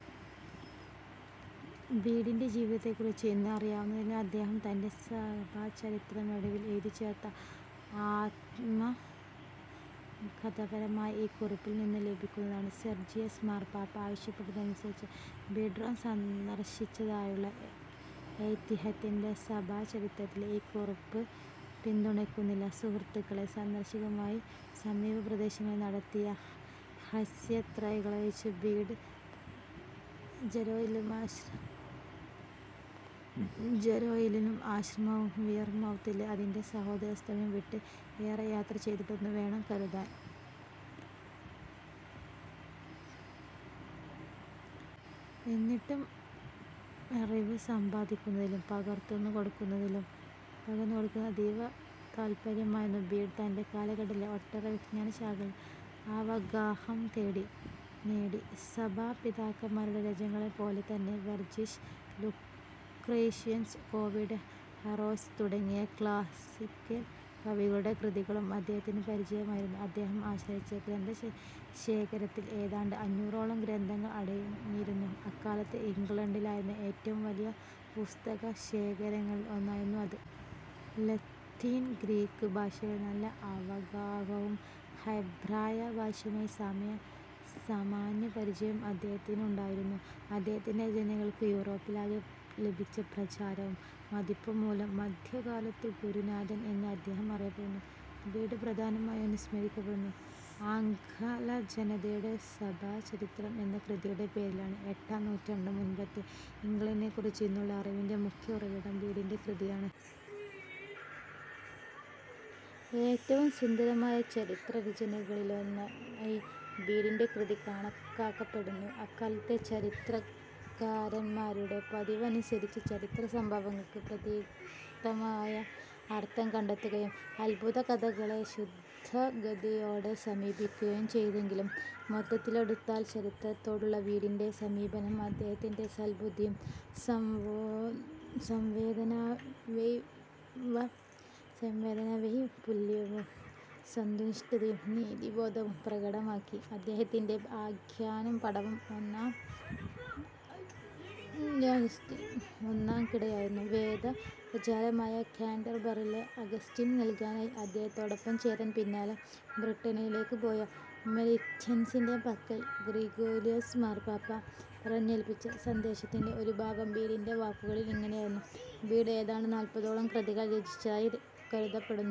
ബീഡിന്റെ ജീവിതത്തെക്കുറിച്ച് ഇന്ന് അറിയാവുന്നതെല്ലാം അദ്ദേഹം തന്റെ സഭാചരിത്രത്തിനൊടുവിൽ എഴുതിച്ചേർത്ത ആത്മകഥാപരമായ ഈ കുറിപ്പിൽ നിന്ന് ലഭിക്കുന്നതാണ്:- സെർജിയസ് മാർപ്പാപ്പ ആവശ്യപ്പെട്ടതനുസരിച്ച് ബീഡ് റോം സന്ദർശിച്ചതായുള്ള ഐതിഹ്യത്തെ സഭാചരിത്രത്തിലെ ഈ കുറിപ്പ് പിന്തുണയ്ക്കുന്നില്ല. സുഹൃത്തുക്കളെ സന്ദർശിക്കുവാനായി സമീപപ്രദേശങ്ങളിലേക്ക് നടത്തിയ ഹ്രസ്വയാത്രകളൊഴിച്ചാൽ ബീഡ് ജാരോയിലേയും ആശ്രമവും വിയർമൗത്തിലെ അതിന്റെ സഹോദരസ്ഥാപനവും വിട്ട് ഏറെ യാത്ര ചെയ്തിട്ടില്ലെന്നു വേണം കരുതാൻ. എന്നിട്ടും, അറിവ് സമ്പാദിക്കുന്നതിലും പകർന്നുകൊടുക്കുന്നതിലും അതീവതൽപരനായിരുന്ന ബീഡ് തന്റെ കാലഘട്ടത്തിലെ ഒട്ടേറെ വിജ്ഞാനശാഖകളിൽ അവഗാഹം നേടി. സഭാപിതാക്കാന്മാരുടെ രചനകളെന്നപോലെതന്നെ, വെർജിൽ, ലുക്രീഷ്യസ്, ഓവിഡ്, ഹൊറേസ് തുടങ്ങിയ ക്ലാസ്സിക്കൽ കവികളുടെ കൃതികളും അദ്ദേഹത്തിന് പരിചയമായിരുന്നു. അദ്ദേഹം ആശ്രയിച്ച ഗ്രന്ഥശേഖരത്തിൽ ഏതാണ്ട് അഞ്ഞൂറോളം ഗ്രന്ഥങ്ങൾ അടങ്ങിയിരുന്നു. അക്കാലത്ത് ഇംഗ്ലണ്ടിലുണ്ടായിരുന്ന ഏറ്റവും വലിയ പുസ്തകശേഖരങ്ങളിൽ ഒന്നായിരുന്നു അത്. ലത്തീൻ, ഗ്രീക്ക് ഭാഷകളിൽ നല്ല അവഗാഹവും ഹെബ്രായ ഭാഷയുമായി സാമാന്യപരിചയവും അദ്ദേഹത്തിനുണ്ടായിരുന്നു. അദ്ദേഹത്തിന്റെ രചനകൾക്ക് യൂറോപ്പിലാകെ ലഭിച്ച പ്രചാരവും മതിപ്പും മൂലം മദ്ധ്യകാലത്തിന്റെ ഗുരുനാഥൻ എന്ന് അദ്ദേഹം അറിയപ്പെട്ടു.. ബീഡ് പ്രധാനമായും അനുസ്മരിക്കപ്പെടുന്നത് ആംഗലജനതയുടെ സഭാചരിത്രം എന്ന കൃതിയുടെ പേരിലാണ്. എട്ടാം നൂറ്റാണ്ടിന് മുൻപത്തെ ഇംഗ്ലണ്ടിനെക്കുറിച്ച് ഇന്നുള്ള അറിവിന്റെ മുഖ്യ ഉറവിടം ബീഡിന്റെ കൃതിയാണ്. ഏറ്റവും സുന്ദരമായ ചരിത്രരചനകളിലൊന്നായി ബീഡിന്റെ കൃതി കണക്കാക്കപ്പെടുന്നു. അക്കാലത്തെ ചരിത്രകാരന്മാരുടെ പതിവനുസരിച്ച് ചരിത്രസംഭവങ്ങൾക്ക് പ്രതീകാത്മകമായ അർത്ഥം കണ്ടെത്തുകയും, അത്ഭുതകഥകളെ ശുദ്ധഗതിയോടെ സമീപിക്കുകയും ചെയ്തെങ്കിലും മൊത്തത്തിലെടുത്താൽ ചരിത്രത്തോടുള്ള ബീഡിന്റെ സമീപനം അദ്ദേഹത്തിന്റെ സൽബുദ്ധിയും, സംവേദനാവൈപുല്യവും, സത്യനിഷ്ഠയും, നീതിബോധവും പ്രകടമാക്കി.. അദ്ദേഹത്തിന്റെ ആഖ്യാനപാടവം ഒന്നാംകിടയായിരുന്നു. വേദപ്രചാരകനായ കാന്റർബറിയിലെ അഗസ്റ്റിന് നൽകാനായി, അദ്ദേഹത്തോടൊപ്പം ചേരാൻ പിന്നാലെ ബ്രിട്ടണിലേക്ക് പോയ മെലിറ്റസിന്റെ പക്കൽ ഗ്രിഗോരിയോസ് മാർപ്പാപ്പ പറഞ്ഞേല്പ്പിച്ച സന്ദേശത്തിന്റെ ഒരുഭാഗം ബീഡിന്റെ വാക്കുകളിൽ ഇങ്ങനെയായിരുന്നു:- ബീഡ് ഏതാണ്ട് നാല്പതോളം കൃതികൾ രചിച്ചതായി കരുതപ്പെടുന്നു.